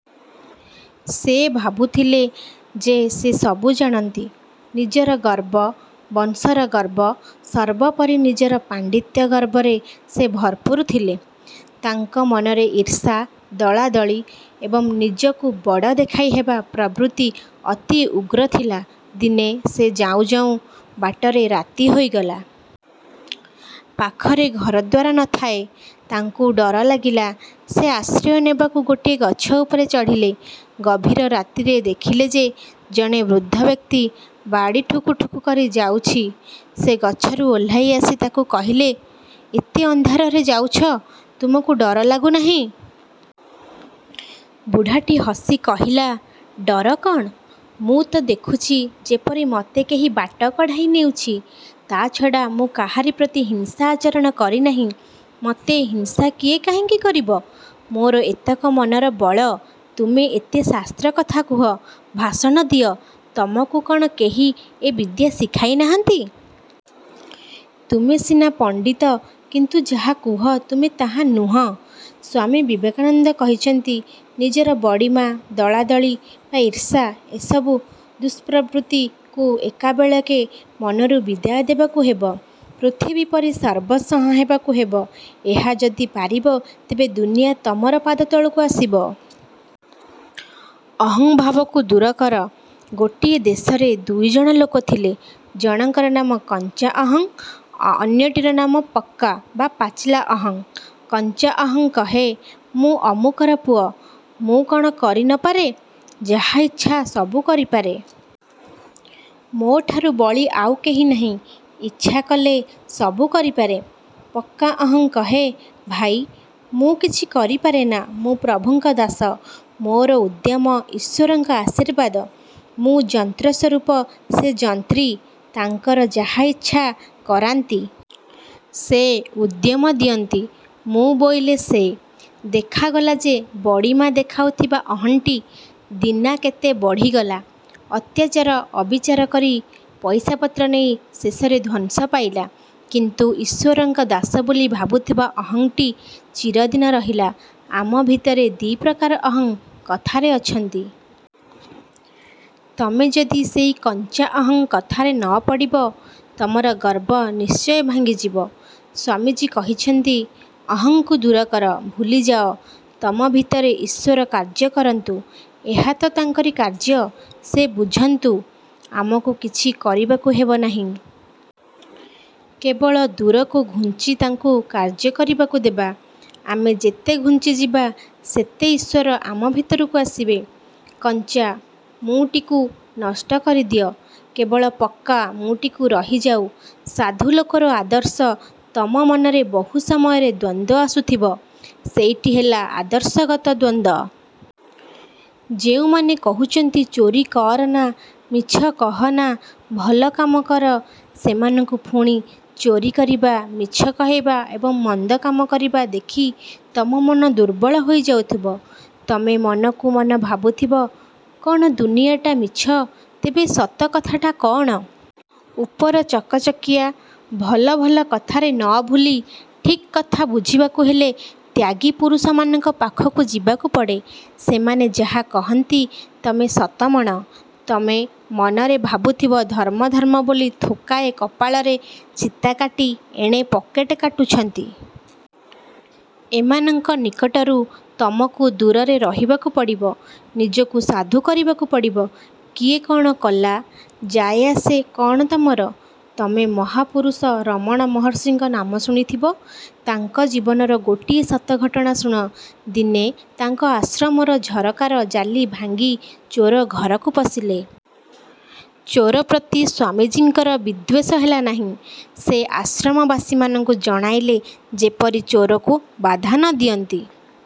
ସେ ଭାବୁଥିଲେ ଯେ ସେ ସବୁ ଜାଣନ୍ତି। ନିଜର ଗର୍ବ, ବଂଶର ଗର୍ବ, ସର୍ବୋପରି ନିଜର ପାଣ୍ଡିତ୍ୟ-ଗର୍ବରେ ସେ ଭରପୂର ଥିଲେ। ତାଙ୍କ ମନରେ ଈର୍ଷା, ଦଳାଦଳି ଏବଂ ନିଜକୁ ବଡ଼ ଦେଖାଇ ହେବା ପ୍ରବୃତ୍ତି ଅତି ଉଗ୍ର ଥିଲା। ଦିନେ ସେ ଯାଉଁ ଯାଉଁ ବାଟରେ ରାତି ହୋଇଗଲା। ପାଖରେ ଘରଦ୍ୱାର ନ ଥାଏ। ତାଙ୍କୁ ଡର ଲାଗିଲା। ସେ ଆଶ୍ରୟ ନେବାକୁ ଗୋଟିଏ ଗଛ ଉପରେ ଚଢ଼ିଲେ। ଗଭୀର ରାତିରେ ଦେଖିଲେ ଯେ ଜଣେ ବୃଦ୍ଧ ବ୍ୟକ୍ତି ବାଡ଼ି ଠୁକୁ ଠୁକୁ କରି ଯାଉଛି। ସେ ଗଛରୁ ଓହ୍ଲାଇ ଆସି ତାକୁ କହିଲେ-''ଏତେ ଅନ୍ଧାରରେ ଯାଉଛ, ତୁମକୁ ଡର ଲାଗୁ ନାହିଁ? '' ବୁଢ଼ାଟି ହସି କହିଲା-''ଡର କଣ-? ମୁଁ ତ ଦେଖୁଛି ଯେପରି ମୋତେ କେହି ବାଟ କଢ଼ାଇ ନେଉଛି। ତା'ଛଡ଼ା ମୁଁ କାହାରି ପ୍ରତି ହିଂସା ଆଚରଣ କରିନାହିଁ, ମୋତେ ହିଂସା କିଏ କାହିଁକି କରିବ? ମୋର ଏତକ ମନର ବଳ। ତୁମେ ଏତେ ଶାସ୍ତ୍ର କଥା କୁହ, ଭାଷଣ ଦିଅ, ତମକୁ କଣ କେହି ଏ ବିଦ୍ୟା ଶିଖାଇ ନାହାନ୍ତି? ତୁମେ ସିନା ପଣ୍ଡିତ କିନ୍ତୁ ଯାହା କୁହ ତୁମେ ତାହା ନୁହଁ। '' ସ୍ୱାମୀ ବିବେକାନନ୍ଦ କହିଛନ୍ତି-ନିଜର ବଡ଼ିମା, ଦଳାଦଳି ବା ଈର୍ଷା-ଏସବୁ ଦୁଷ୍ପ୍ରବୃତ୍ତିକୁ ଏକାବେଳକେ ମନରୁ ବିଦାୟ ଦେବାକୁ ହେବ। ପୃଥିବୀ ପରି ସର୍ବଂସହା ହେବାକୁ ହେବ। ଏହା ଯଦି ପାରିବ ତେବେ ଦୁନିଆ ତମର ପାଦତଳକୁ ଆସିବ। ଅହଂଭାବକୁ ଦୂର କର ଗୋଟିଏ ଦେଶରେ ଦୁଇଜଣ ଲୋକ ଥିଲେ। ଜଣକର ନାମ କଞ୍ଚା ଅହଂ, ଅନ୍ୟଟିର ନାମ ପକ୍କା ବା ପାଚିଲା ଅହଂ। କଞ୍ଚା ଅହଂ କହେ, ''ମୁଁ ଅମୁକର ପୁଅ। ମୁଁ କଣ କରି ନ ପାରେ-? ଯାହା ଇଚ୍ଛା ସବୁ କରିପାରେ। ମୋ'ଠାରୁ ବଳି ଆଉ କେହି ନାହିଁ। ଇଚ୍ଛା କଲେ। ସବୁ କରିପାରେ। '' ପକ୍କା ଅହଂ କହେ, ''ଭାଇ, ମୁଁ କିଛି କରିପାରେନା। ମୁଁ ପ୍ରଭୁଙ୍କ ଦାସ। ମୋର ଉଦ୍ୟମ, ଈଶ୍ୱରଙ୍କ ଆଶୀର୍ବାଦ। ମୁଁ ଯନ୍ତ୍ର ସ୍ୱରୂପ, ସେ ଯନ୍ତ୍ରୀ। ତାଙ୍କର ଯାହା ଇଚ୍ଛା କରାନ୍ତି। ସେ ଉଦ୍ୟମ ଦିଅନ୍ତି। ମୁଁ ବୋଇଲେ ସେ। '' ଦେଖାଗଲା ଯେ ବଡ଼ିମା ଦେଖାଉଥିବା ଅହଂଟି ଦିନାକେତେ ବଢ଼ିଗଲା। ଅତ୍ୟାଚାର ଅବିଚାର କରି ପଇସାପତ୍ର ନେଇ ଶେଷରେ ଧ୍ୱଂସ ପାଇଲା, କିନ୍ତୁ ଈଶ୍ୱରଙ୍କ ଦାସ ବୋଲି ଭାବୁଥିବା ଅହଂଟି ଚିରଦିନ ରହିଲା। ଆମ ଭିତରେ ଦି ପ୍ରକାର ଅହଂ କଥାରେ ଅଛନ୍ତି। ତମେ ଯଦି ସେଇ କଞ୍ଚା ଅହଂ କଥାରେ ନ ପଡ଼ିବ ତମର ଗର୍ବ ନିଶ୍ଚୟ ଭାଙ୍ଗିଯିବ। ସ୍ୱାମୀଜୀ କହିଛନ୍ତି-ଅହଂକୁ ଦୂର କର, ଭୁଲିଯାଅ। ତମ ଭିତରେ ଈଶ୍ୱର କାର୍ଯ୍ୟ କରନ୍ତୁ-। ଏହା ତ ତାଙ୍କରି କାର୍ଯ୍ୟ, ସେ ବୁଝନ୍ତୁ। ଆମକୁ କିଛି କରିବାକୁ ହେବ ନାହିଁ। କେବଳ ଦୂରକୁ ଘୁଞ୍ଚି ତାଙ୍କୁ କାର୍ଯ୍ୟ କରିବାକୁ ଦେବା। ଆମେ ଯେତେ ଘୁଞ୍ଚିଯିବା ସେତେ ଈଶ୍ୱର ଆମ ଭିତରକୁ ଆସିବେ-। କଞ୍ଚା 'ମୁଁ'ଟିକୁ ନଷ୍ଟ କରିଦିଅ। କେବଳ ପକ୍କା 'ମୁଁ'ଟି ରହିଯାଉ। ସାଧୁ ଲୋକର ଆଦର୍ଶ ତମ ମନରେ ବହୁ ସମୟରେ ଦ୍ୱନ୍ଦ୍ୱ ଆସୁଥିବ। ସେଇଟି ହେଲା ଆଦର୍ଶଗତ ଦ୍ୱନ୍ଦ୍ୱ। ଯେଉଁମାନେ କହୁଛନ୍ତି ଚୋରି କରନା, ମିଛ କହନା, ଭଲ କାମ କର, ସେମାନଙ୍କୁ ପୁଣି ଚୋରି କରିବା, ମିଛ କହିବା ଏବଂ ମନ୍ଦ କାମ କରିବା ଦେଖି ତମ ମନ ଦୁର୍ବଳ ହୋଇଯାଉଥିବ। ତମେ ମନକୁ ମନ ଭାବୁଥିବ-କ'ଣ ଦୁନିଆଟା ମିଛ। ତେବେ ସତକଥାଟା କଣ? ଉପର ଚକ ଚକିଆ, ଭଲ ଭଲ କଥାରେ ନ ଭୁଲି ଠିକ୍ କଥା ବୁଝିବାକୁ ହେଲେ ତ୍ୟାଗୀ ପୁରୁଷମାନଙ୍କ ପାଖକୁ ଯିବାକୁ ପଡ଼େ। ସେମାନେ ଯାହା କହନ୍ତି ତମେ ସତ ମଣ। ତମେ ମନରେ ଭାବୁଥିବ ଧର୍ମ ଧର୍ମ ବୋଲି ଥୋକାଏ କପାଳରେ ଚିତା କାଟି ଏଣେ ପକେଟ କାଟୁଛନ୍ତି। ଏମାନଙ୍କ ନିକଟରୁ ତମକୁ ଦୂରରେ ରହିବାକୁ ପଡ଼ିବ। ନିଜକୁ ସାଧୁ କରିବାକୁ ପଡ଼ିବ। କିଏ କଣ କଲା ଯାଏ ଆସେ କଣ ତମର? ତମେ ମହାପୁରୁଷ ରମଣ ମହର୍ଷିଙ୍କ ନାମ ଶୁଣିଥିବ। ତାଙ୍କ ଜୀବନର ଗୋଟିଏ ସତ ଘଟଣା ଶୁଣ। ଦିନେ ତାଙ୍କ ଆଶ୍ରମର ଝରକାର ଜାଲି ଭାଙ୍ଗି ଚୋର ଘରକୁ ପଶିଲେ। ଚୋର ପ୍ରତି ସ୍ୱାମୀଜୀଙ୍କର ବିଦ୍ୱେଷ ହେଲା ନାହିଁ। ସେ ଆଶ୍ରମବାସୀମାନଙ୍କୁ ଜଣାଇଲେ ଯେପରି ଚୋରକୁ ବାଧା ନ ଦିଅନ୍ତି।